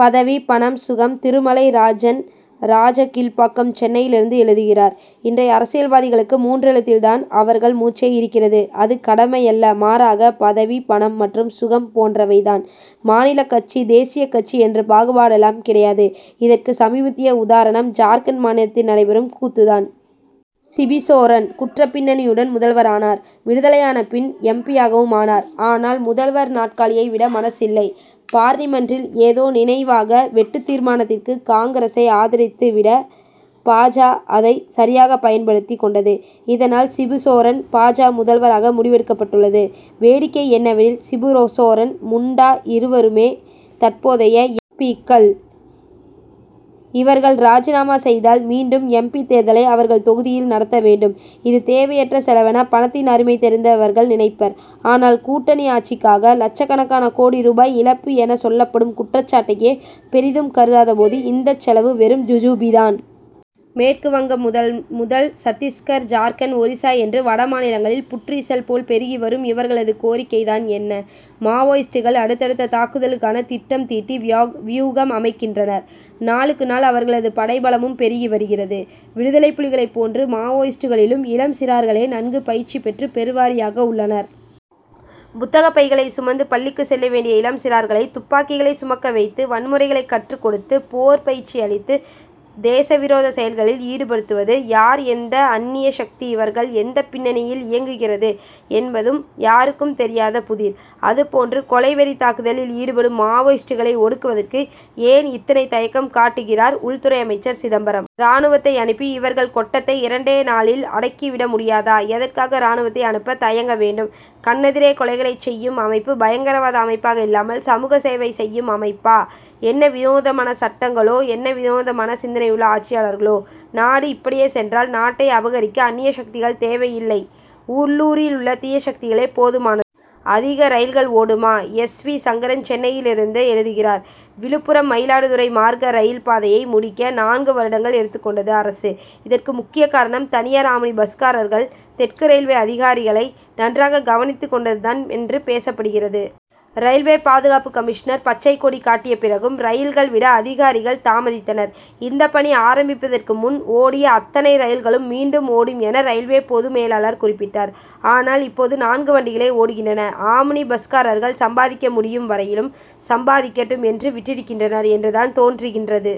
பதவி பணம் சுகம்! திருமலை ராஜன் ராஜகீழ்ப்பாக்கம் சென்னையிலிருந்து எழுதுகிறார் இன்றைய அரசியல்வாதிகளுக்கு மூன்றெழுத்தில் தான் அவர்கள் மூச்சே இருக்கிறது. அது கடமை அல்ல மாறாக பதவி பணம் மற்றும் சுகம் போன்றவை தான். மாநிலக் கட்சி தேசியக் கட்சி என்ற பாகுபாடெல்லாம் கிடையாது. இதற்கு சமீபத்திய உதாரணம் ஜார்க்கண்ட் மாநிலத்தில் நடைபெறும் கூத்து தான். சிபுசோரன் குற்றப்பின்னணியுடன் முதல்வரானார். விடுதலையான பின் எம். பி.யாகவும் ஆனார். ஆனாலும் முதல்வர் நாற்காலியை விட மனசில்லை. பார்லிமென்டில் ஏதோ நினைவாக வெட்டுத்தீர்மானத்திற்கு காங்கிரசை ஆதரித்து விட பா. ஜ. அதைச் சரியாகப் பயன்படுத்திக் கொண்டது. இதனால் சிபுசோரன் பா. ஜ. முதல்வராக முடிவெடுக்கப்பட்டுள்ளது. வேடிக்கை என்னவெனில் சிபுசோரன் முண்டா இருவருமே தற்போதைய எம். பி.க்கள். இவர்கள் ராஜினாமா செய்தால் மீண்டும் எம். பி. தேர்தலை அவர்கள் தொகுதியில் நடத்த வேண்டும். இது தேவையற்ற செலவென பணத்தின் அருமை தெரிந்தவர்கள் நினைப்பர். ஆனால் கூட்டணி ஆட்சிக்காக லட்சக்கணக்கான கோடி ரூபாய் இழப்பு என சொல்லப்படும் குற்றச்சாட்டையே பெரிதும் கருதாத போது இந்தச் செலவு வெறும் ஜுஜுபி தான். மேற்கு வங்கம் முதல் சத்திஸ்கர் ஜார்க்கண்ட் ஒரிசா என்று வடமாநிலங்களில் புற்றீசல் போல் பெருகி வரும் இவர்களது கோரிக்கை தான் என்ன? மாவோயிஸ்டுகள் அடுத் தடுத்த தாக்குதலுக்கான திட்டம் தீட்டி வியூகம் அமைக்கின்றனர். நாளுக்கு நாள் அவர்களது படைபலமும் பெருகி வருகிறது. விடுதலைப் புலிகளைப் போன்று மாவோயிஸ்டுகளிலும் இளம் சிறார்களே நன்கு பயிற்சி பெற்று பெருவாரியாக உள்ளனர். புத்தகப் பைகளை சுமந்து பள்ளிக்குச் செல்ல வேண்டிய இளம் சிறார்களை துப்பாக்கிகளை சுமக்க வைத்து வன்முறைகளை கற்றுக் கொடுத்து போர் பயிற்சி அளித்து தேச விரோதச் செயல்களில் ஈடுபடுத்துவது யார் எந்த அன்னிய சக்தி இவர்கள் பின்னியில் இயங்குகிறது என்பதும் யாருக்கும் தெரியாத புதிர். அதேபோன்று கொலை வெறித் தாக்குதலில் ஈடுபடும் மாவோயிஸ்டுகளை ஒடுக்குவதற்கு ஏன் இத்தனை தயக்கம் காட்டுகிறார் உள்துறை அமைச்சர் சிதம்பரம். ராணுவத்தை அனுப்பி இவர்கள் கொட்டத்தை இரண்டே நாளில் அடக்கி விட முடியாதா? எதற்காக ராணுவத்தை அனுப்ப தயங்க வேண்டும்? கண்ணெதிரே கொலைகளைச் செய்யும் அமைப்பு பயங்கரவாத அமைப்பாக இல்லாமல் சமூக சேவை செய்யும் அமைப்பா? என்ன வினோதமான சட்டங்களோஎன்ன வினோதமான சிந்தனையுள்ள ஆட்சியாளர்களோ! நாடு இப்படியே சென்றால் நாட்டை அபகரிக்க அன்னிய சக்திகள் தேவையில்லை உள்ளூரில் உள்ள தீய சக்திகளே போதுமானது. அதிக ரயில்கள் ஓடுமா? எஸ். வி. சங்கரன் சென்னையிலிருந்து எழுதுகிறார்: விழுப்புரம் மயிலாடுதுறை மார்க்க ரயில் பாதையை முடிக்க நான்கு வருடங்கள் எடுத்துக் கொண்டது அரசு. இதற்கு முக்கிய காரணம் தனியார் ஆம்னி பஸ்காரர்கள் தெற்கு ரயில்வே அதிகாரிகளை நன்றாக கவனித்துக் கொண்டது தான் என்று பேசப்படுகிறது. ரயில்வே பாதுகாப்பு கமிஷனர் பச்சை கொடி காட்டிய பிறகும் ரயில்கள் விட அதிகாரிகள் தாமதித்தனர். இந்தப்பணி ஆரம்பிப்பதற்கு முன் ஓடிய அத்தனை ரயில்களும் மீண்டும் ஓடும் என ரயில்வே பொது மேலாளர் குறிப்பிட்டார். ஆனால் இப்போது நான்கு வண்டிகளே ஓடுகின்றன. ஆம்னி பஸ்காரர்கள் சம்பாதிக்க முடியும் வரையில் சம்பாதிக்கட்டும் என்று விட்டிருக்கின்றனர் என்று தான் தோன்றுகிறது.